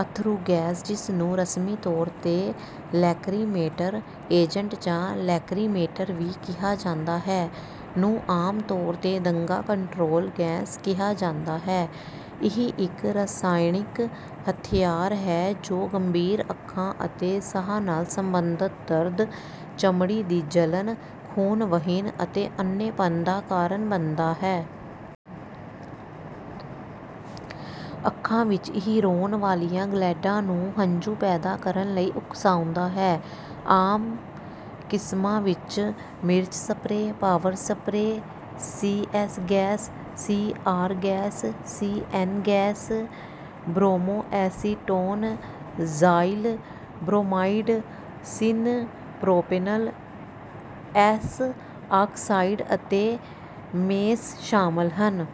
ਅੱਥਰੂ ਗੈਸ, ਜਿਸਨੂੰ ਰਸਮੀ ਤੌਰ ਤੇ ਲੈਕਰੀਮੇਟਰ ਏਜੰਟ ਜਾਂ ਲੈਕਰੀਮੇਟਰ ਵੀ ਕਿਹਾ ਜਾਂਦਾ ਹੈ, ਨੂੰ ਆਮ ਤੌਰ ਤੇ ਦੰਗਾ ਕੰਟਰੋਲ ਗੈਸ ਕਿਹਾ ਜਾਂਦਾ ਹੈ। ਇਹ ਇੱਕ ਰਸਾਇਣਕ ਹਥਿਆਰ ਹੈ ਜੋ ਗੰਭੀਰ ਅੱਖਾਂ ਅਤੇ ਸਾਹ ਨਾਲ ਸੰਬੰਧਤ ਦਰਦ, ਚਮੜੀ ਦੀ ਜਲਣ, ਖੂਨ ਵਹਿਣ ਅਤੇ ਅੰਨ੍ਹੇਪਣ ਦਾ ਕਾਰਨ ਬਣਦਾ ਹੈ। ਅੱਖਾਂ ਵਿੱਚ ਇਹ ਰੋਣ ਵਾਲੀਆਂ ਗਲੈਂਡਾਂ ਨੂੰ ਹੰਝੂ ਪੈਦਾ ਕਰਨ ਲਈ ਉਕਸਾਉਂਦਾ ਹੈ। ਆਮ ਕਿਸਮਾਂ ਵਿੱਚ ਮਿਰਚ spray, power spray, CS. Gas, CR. Gas, CN. Gas, bromoacetone, xylyl bromide, syn propanal S oxide ਅਤੇ ਮੇਸ ਸ਼ਾਮਲ ਹਨ।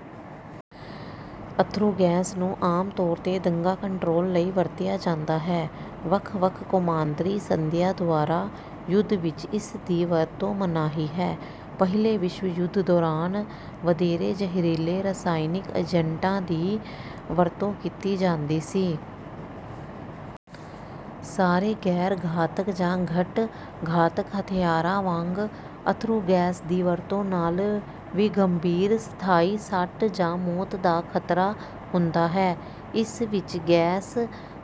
ਅੱਥਰੂ ਗੈਸ ਨੂੰ ਆਮ ਤੌਰ ਤੇ ਦੰਗਾ ਕੰਟਰੋਲ ਲਈ ਵਰਤਿਆ ਜਾਂਦਾ ਹੈ। ਵੱਖ-ਵੱਖ ਕੌਮਾਂਤਰੀ ਸੰਧੀਆਂ ਦੁਆਰਾ ਯੁੱਧ ਵਿੱਚ ਇਸਦੀ ਵਰਤੋਂ ਮਨਾਹੀ ਹੈ। ਪਹਿਲੇ ਵਿਸ਼ਵ ਯੁੱਧ ਦੌਰਾਨ ਵਧੇਰੇ ਜ਼ਹਿਰੀਲੇ ਰਸਾਇਣਕ ਏਜੰਟਾਂ ਦੀ ਵਰਤੋਂ ਕੀਤੀ ਜਾਂਦੀ ਸੀ। ਸਾਰੇ ਗੈਰ-ਘਾਤਕ ਜਾਂ ਘੱਟ-ਘਾਤਕ ਹਥਿਆਰਾਂ ਵਾਂਗ ਅੱਥਰੂ ਗੈਸ ਦੀ ਵਰਤੋਂ ਨਾਲ ਵੀ ਗੰਭੀਰ ਸਥਾਈ ਸੱਟ ਜਾਂ ਮੌਤ ਦਾ ਖ਼ਤਰਾ ਹੁੰਦਾ ਹੈ। ਇਸ ਵਿੱਚ ਗੈਸ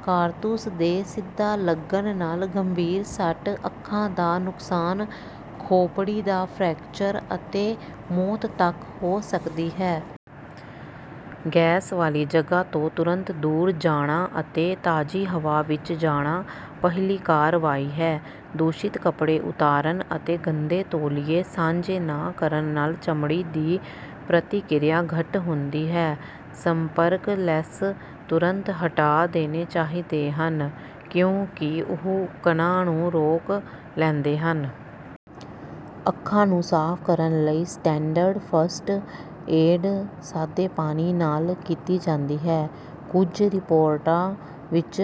ਕਾਰਤੂਸ ਦੇ ਸਿੱਧਾ ਲੱਗਣ ਨਾਲ ਗੰਭੀਰ ਸੱਟ, ਅੱਖਾਂ ਦਾ ਨੁਕਸਾਨ, ਖੋਪੜੀ ਦਾ ਫ੍ਰੈਕਚਰ ਅਤੇ ਮੌਤ ਤੱਕ ਹੋ ਸਕਦੀ ਹੈ। ਗੈਸ ਵਾਲੀ ਜਗ੍ਹਾ ਤੋਂ ਤੁਰੰਤ ਦੂਰ ਜਾਣਾ ਅਤੇ ਤਾਜ਼ੀ ਹਵਾ ਵਿੱਚ ਜਾਣਾ ਪਹਿਲੀ ਕਾਰਵਾਈ ਹੈ। ਦੂਸ਼ਿਤ ਕੱਪੜੇ ਉਤਾਰਨ ਅਤੇ ਗੰਦੇ ਤੌਲੀਏ ਸਾਂਝੇ ਨਾ ਕਰਨ ਨਾਲ ਚਮੜੀ ਦੀ ਪ੍ਰਤੀਕਿਰਿਆ ਘੱਟ ਹੁੰਦੀ ਹੈ। ਸੰਪਰਕ ਲੈਂਸ ਤੁਰੰਤ ਹਟਾ ਦੇਣੇ ਚਾਹੀਦੇ ਹਨ ਕਿਉਂਕਿ ਉਹ ਕਣਾਂ ਨੂੰ ਰੋਕ ਲੈਂਦੇ ਹਨ। ਅੱਖਾਂ ਨੂੰ ਸਾਫ਼ ਕਰਨ ਲਈ ਸਟੈਂਡਰਡ ਫਸਟ ਏਡ ਸਾਦੇ ਪਾਣੀ ਨਾਲ ਕੀਤੀ ਜਾਂਦੀ ਹੈ। ਕੁਝ ਰਿਪੋਰਟਾਂ ਵਿੱਚ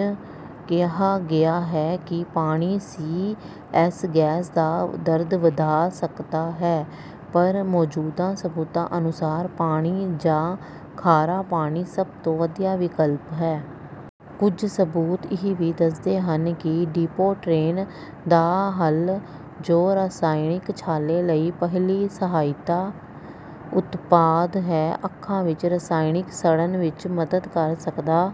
ਕਿਹਾ ਗਿਆ ਹੈ ਕਿ ਪਾਣੀ ਸੀ.ਐਸ. ਗੈਸ ਦਾ ਦਰਦ ਵਧਾ ਸਕਦਾ ਹੈ, ਪਰ ਮੌਜੂਦਾ ਸਬੂਤਾਂ ਅਨੁਸਾਰ ਪਾਣੀ ਜਾਂ ਖਾਰਾ ਪਾਣੀ ਸਭ ਤੋਂ ਵਧੀਆ ਵਿਕਲਪ ਹੈ। ਕੁਝ ਸਬੂਤ ਇਹ ਵੀ ਦੱਸਦੇ ਹਨ ਕਿ ਡਿਪੋਟੇਰੇਨ ਦਾ ਹੱਲ, ਜੋ ਰਸਾਇਣਕ ਛਾਲੇ ਲਈ ਪਹਿਲੀ ਸਹਾਇਤਾ ਉਤਪਾਦ ਹੈ, ਅੱਖਾਂ ਵਿੱਚ ਰਸਾਇਣਕ ਸੜਨ ਵਿੱਚ ਮਦਦ ਕਰ ਸਕਦਾ